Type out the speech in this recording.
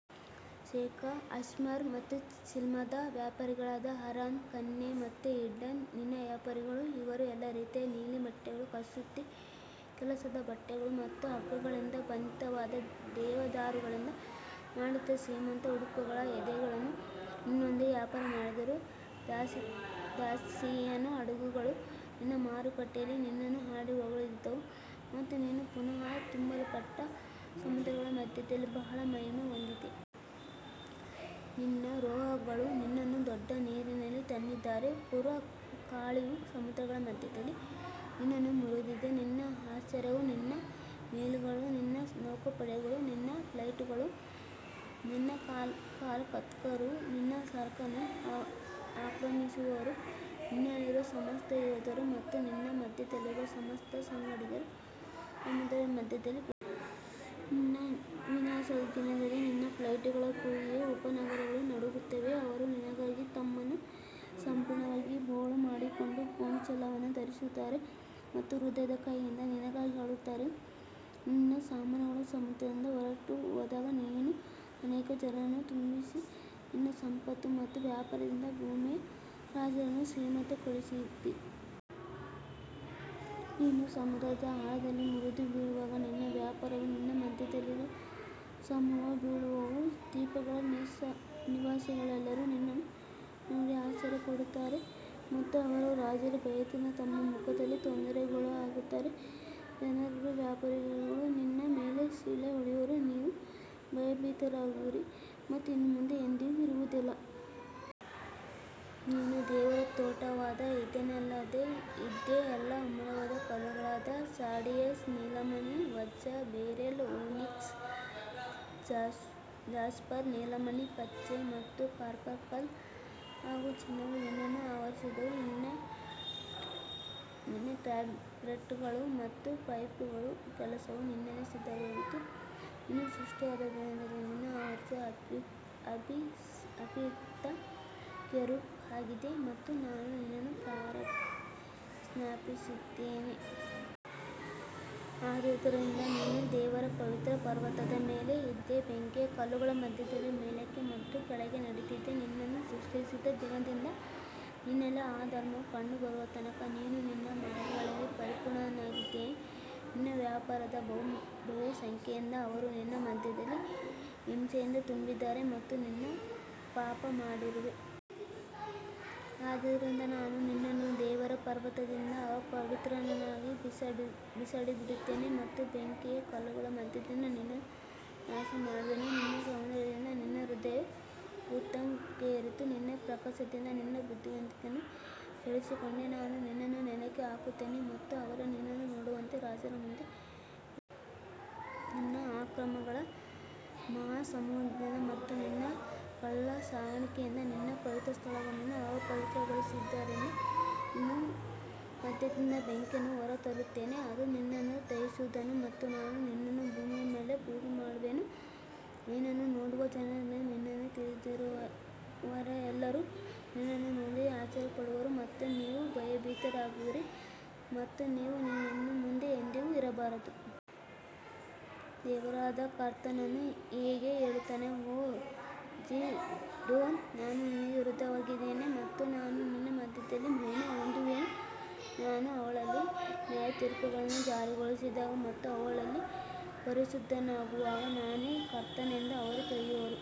ಶೆಬಾ, ಅಶ್ಶೂರ್ ಮತ್ತು ಚಿಲ್ಮದ ವ್ಯಾಪಾರಿಗಳಾದ ಹರಾನ್, ಕನ್ನೆ ಮತ್ತು ಈಡನ್ ನಿನ್ನ ವ್ಯಾಪಾರಿಗಳು. ಇವರು ಎಲ್ಲಾ ರೀತಿಯ ನೀಲಿ ಬಟ್ಟೆಗಳು, ಕಸೂತಿ ಕೆಲಸದ ಬಟ್ಟೆಗಳು ಮತ್ತು ಹಗ್ಗಗಳಿಂದ ಬಂಧಿತವಾದ ದೇವದಾರುಗಳಿಂದ ಮಾಡಿದ ಶ್ರೀಮಂತ ಉಡುಪುಗಳ ಎದೆಗಳನ್ನು ನಿನ್ನೊಂದಿಗೆ ವ್ಯಾಪಾರ ಮಾಡಿದರು. ತಾರ್ಷೀಷಿನ ಹಡಗುಗಳು ನಿನ್ನ ಮಾರುಕಟ್ಟೆಯಲ್ಲಿ ನಿನ್ನನ್ನು ಹಾಡಿ ಹೊಗಳಿದವು ಮತ್ತು ನೀನು ಪುನಃ ತುಂಬಲ್ಪಟ್ಟು ಸಮುದ್ರಗಳ ಮಧ್ಯದಲ್ಲಿ ಬಹಳ ಮಹಿಮೆ ಹೊಂದಿದ್ದೀ. ನಿನ್ನ ರೋವರ್ಗಳು ನಿನ್ನನ್ನು ದೊಡ್ಡ ನೀರಿನಲ್ಲಿ ತಂದಿದ್ದಾರೆ, ಪೂರ್ವ ಗಾಳಿಯು ಸಮುದ್ರಗಳ ಮಧ್ಯದಲ್ಲಿ ನಿನ್ನನ್ನು ಮುರಿದಿದೆ. ನಿನ್ನ ಐಶ್ವರ್ಯವೂ, ನಿನ್ನ ಮೇಳಗಳೂ, ನಿನ್ನ ನೌಕಾಪಡೆಗಳೂ, ನಿನ್ನ ಪೈಲಟ್ಗಳೂ, ನಿನ್ನ ಕಾಲ್ಕರ್ತರೂ, ನಿನ್ನ ಸರಕನ್ನು ಆಕ್ರಮಿಸುವವರೂ, ನಿನ್ನಲ್ಲಿರುವ ಸಮಸ್ತ ಯೋಧರೂ ಮತ್ತು ನಿನ್ನ ಮಧ್ಯದಲ್ಲಿರುವ ಸಮಸ್ತ ಸಂಗಡಿಗರೂ ಸಮುದ್ರದ ಮಧ್ಯದಲ್ಲಿ ಬೀಳುವರು. ನಿನ್ನ ವಿನಾಶದ ದಿನದಲ್ಲಿ ನಿನ್ನ ಪೈಲಟ್ಗಳ ಕೂಗಿಗೆ ಉಪನಗರಗಳು ನಡುಗುತ್ತವೆ. ಅವರು ನಿನಗಾಗಿ ತಮ್ಮನ್ನು ಸಂಪೂರ್ಣವಾಗಿ ಬೋಳು ಮಾಡಿಕೊಂಡು ಗೋಣಿಚೀಲವನ್ನು ಧರಿಸುತ್ತಾರೆ ಮತ್ತು ಹೃದಯದ ಕಹಿಯಿಂದ ನಿನಗಾಗಿ ಅಳುತ್ತಾರೆ. ನಿನ್ನ ಸಾಮಾನುಗಳು ಸಮುದ್ರದಿಂದ ಹೊರಟುಹೋದಾಗ ನೀನು ಅನೇಕ ಜನರನ್ನು ತುಂಬಿಸಿ, ನಿನ್ನ ಸಂಪತ್ತು ಮತ್ತು ವ್ಯಾಪಾರದಿಂದ ಭೂಮಿಯ ರಾಜರನ್ನು ಶ್ರೀಮಂತಗೊಳಿಸಿದ್ದೀ. ನೀನು ಸಮುದ್ರದ ಆಳದಲ್ಲಿ ಮುರಿದು ಬೀಳುವಾಗ ನಿನ್ನ ವ್ಯಾಪಾರವೂ ನಿನ್ನ ಮಧ್ಯದಲ್ಲಿರುವ ಸಮೂಹವೂ ಬೀಳುವವು. ದ್ವೀಪಗಳ ನಿವಾಸಿಗಳೆಲ್ಲರೂ ನಿನ್ನನ್ನು ನೋಡಿ ಆಶ್ಚರ್ಯಪಡುತ್ತಾರೆ ಮತ್ತು ಅವರ ರಾಜರು ಭಯದಿಂದ ತಮ್ಮ ಮುಖದಲ್ಲಿ ತೊಂದರೆಗೊಳಗಾಗುತ್ತಾರೆ. ಜನರಲ್ಲಿ ವ್ಯಾಪಾರಿಗಳು ನಿನ್ನ ಮೇಲೆ ಸಿಳ್ಳೆ ಹೊಡೆಯುವರು, ನೀವು ಭಯಭೀತರಾಗುವಿರಿ ಮತ್ತು ಇನ್ನು ಮುಂದೆ ಎಂದಿಗೂ ಇರುವುದಿಲ್ಲ. ನೀನು ದೇವರ ತೋಟವಾದ ಏದೆನ್ನಲ್ಲಿ ಇದ್ದೆ, ಎಲ್ಲಾ ಅಮೂಲ್ಯವಾದ ಕಲ್ಲುಗಳಾದ ಸಾರ್ಡಿಯಸ್, ನೀಲಮಣಿ, ವಜ್ರ, ಬೆರಿಲ್, ಓನಿಕ್ಸ್, ಜಾಸ್ಪರ್, ನೀಲಮಣಿ, ಪಚ್ಚೆ ಮತ್ತು ಕಾರ್ಬಂಕಲ್ ಹಾಗೂ ಚಿನ್ನವು ನಿನ್ನನ್ನು ಆವರಿಸಿದ್ದವು. ನಿನ್ನ ಟ್ಯಾಬ್ರೆಟ್ಗಳು ಮತ್ತು ಪೈಪ್ಗಳ ಕೆಲಸವು ನಿನ್ನಲ್ಲಿ ಸಿದ್ಧವಾಗಿತ್ತು. ನೀನು ಸೃಷ್ಟಿಯಾದ ದಿನದಲ್ಲಿ ನೀನು ಆವರಿಸುವ ಅಭಿಷಿಕ್ತ ಕೆರೂಬ್ ಆಗಿದ್ದೆ ಮತ್ತು ನಾನು ನಿನ್ನನ್ನು ಸ್ಥಾಪಿಸಿದ್ದೇನೆ. ಆದ್ದರಿಂದ ನೀನು ದೇವರ ಪವಿತ್ರ ಪರ್ವತದ ಮೇಲೆ ಇದ್ದೆ, ಬೆಂಕಿಯ ಕಲ್ಲುಗಳ ಮಧ್ಯದಲ್ಲಿ ಮೇಲಕ್ಕೆ ಮತ್ತು ಕೆಳಕ್ಕೆ ನಡೆದಿದ್ದೆ. ನಿನ್ನನ್ನು ಸೃಷ್ಟಿಸಿದ ದಿನದಿಂದ ನಿನ್ನಲ್ಲಿ ಅಧರ್ಮವು ಕಂಡುಬರುವ ತನಕ ನೀನು ನಿನ್ನ ಮಾರ್ಗಗಳಲ್ಲಿ ಪರಿಪೂರ್ಣನಾಗಿದ್ದೆ. ನಿನ್ನ ವ್ಯಾಪಾರದ ಬಹುಸಂಖ್ಯೆಯಿಂದ ಅವರು ನಿನ್ನ ಮಧ್ಯದಲ್ಲಿ ಹಿಂಸೆಯಿಂದ ತುಂಬಿದ್ದಾರೆ ಮತ್ತು ನೀನು ಪಾಪಮಾಡಿರುವೆ. ಆದ್ದರಿಂದ ನಾನು ನಿನ್ನನ್ನು ದೇವರ ಪರ್ವತದಿಂದ ಅಪವಿತ್ರನನ್ನಾಗಿ ಬಿಸಾಡಿಬಿಡುತ್ತೇನೆ ಮತ್ತು ಬೆಂಕಿಯ ಕಲ್ಲುಗಳ ಮಧ್ಯದಿಂದ ನಿನ್ನನ್ನು ನಾಶಮಾಡುವೆನು. ನಿನ್ನ ಸೌಂದರ್ಯದಿಂದ ನಿನ್ನ ಹೃದಯವು ಉತ್ತುಂಗಕ್ಕೇರಿತು, ನಿನ್ನ ಪ್ರಕಾಶದಿಂದ ನಿನ್ನ ಬುದ್ಧಿವಂತಿಕೆಯನ್ನು ಕೆಡಿಸಿಕೊಂಡೆ. ನಾನು ನಿನ್ನನ್ನು ನೆಲಕ್ಕೆ ಹಾಕುತ್ತೇನೆ ಮತ್ತು ಅವರು ನಿನ್ನನ್ನು ನೋಡುವಂತೆ ರಾಜರ ಮುಂದೆ ಇಡುತ್ತೇನೆ. ನಿನ್ನ ಅಕ್ರಮಗಳ ಮಹಾಸಮೂಹದಿಂದ ಮತ್ತು ನಿನ್ನ ಕಳ್ಳಸಾಗಾಣಿಕೆಯಿಂದ ನಿನ್ನ ಪವಿತ್ರಸ್ಥಳಗಳನ್ನು ಅಪವಿತ್ರಗೊಳಿಸಿದ್ದೀಯಾದ್ದರಿಂದ ನಿನ್ನ ಮಧ್ಯದಿಂದ ಬೆಂಕಿಯನ್ನು ಹೊರತರುತ್ತೇನೆ, ಅದು ನಿನ್ನನ್ನು ದಹಿಸುವುದು ಮತ್ತು ನಾನು ನಿನ್ನನ್ನು ಭೂಮಿಯ ಮೇಲೆ ಬೂದಿಮಾಡುವೆನು. ನಿನ್ನನ್ನು ನೋಡುವ ಜನರಲ್ಲಿ ನಿನ್ನನ್ನು ತಿಳಿದಿರುವವರೆಲ್ಲರೂ ನಿನ್ನನ್ನು ನೋಡಿ ಆಶ್ಚರ್ಯಪಡುವರು ಮತ್ತು ನೀವು ಭಯಭೀತರಾಗುವಿರಿ ಮತ್ತು ನೀವು ಇನ್ನು ಮುಂದೆ ಎಂದಿಗೂ ಇರಬಾರದು. ದೇವರಾದ ಕರ್ತನು ಹೀಗೆ ಹೇಳುತ್ತಾನೆ, ಓ ಝೀಡೋನ್, ನಾನು ನಿನಗೆ ವಿರುದ್ಧವಾಗಿದ್ದೇನೆ ಮತ್ತು ನಾನು ನಿನ್ನ ಮಧ್ಯದಲ್ಲಿ ಮಹಿಮೆ ಹೊಂದುವೆನು. ನಾನು ಅವಳಲ್ಲಿ ನ್ಯಾಯತೀರ್ಪುಗಳನ್ನು ಜಾರಿಗೊಳಿಸಿದಾಗ ಮತ್ತು ಅವಳಲ್ಲಿ ಪರಿಶುದ್ಧನಾಗುವಾಗ ನಾನೇ ಕರ್ತನೆಂದು ಅವರು ತಿಳಿಯುವರು.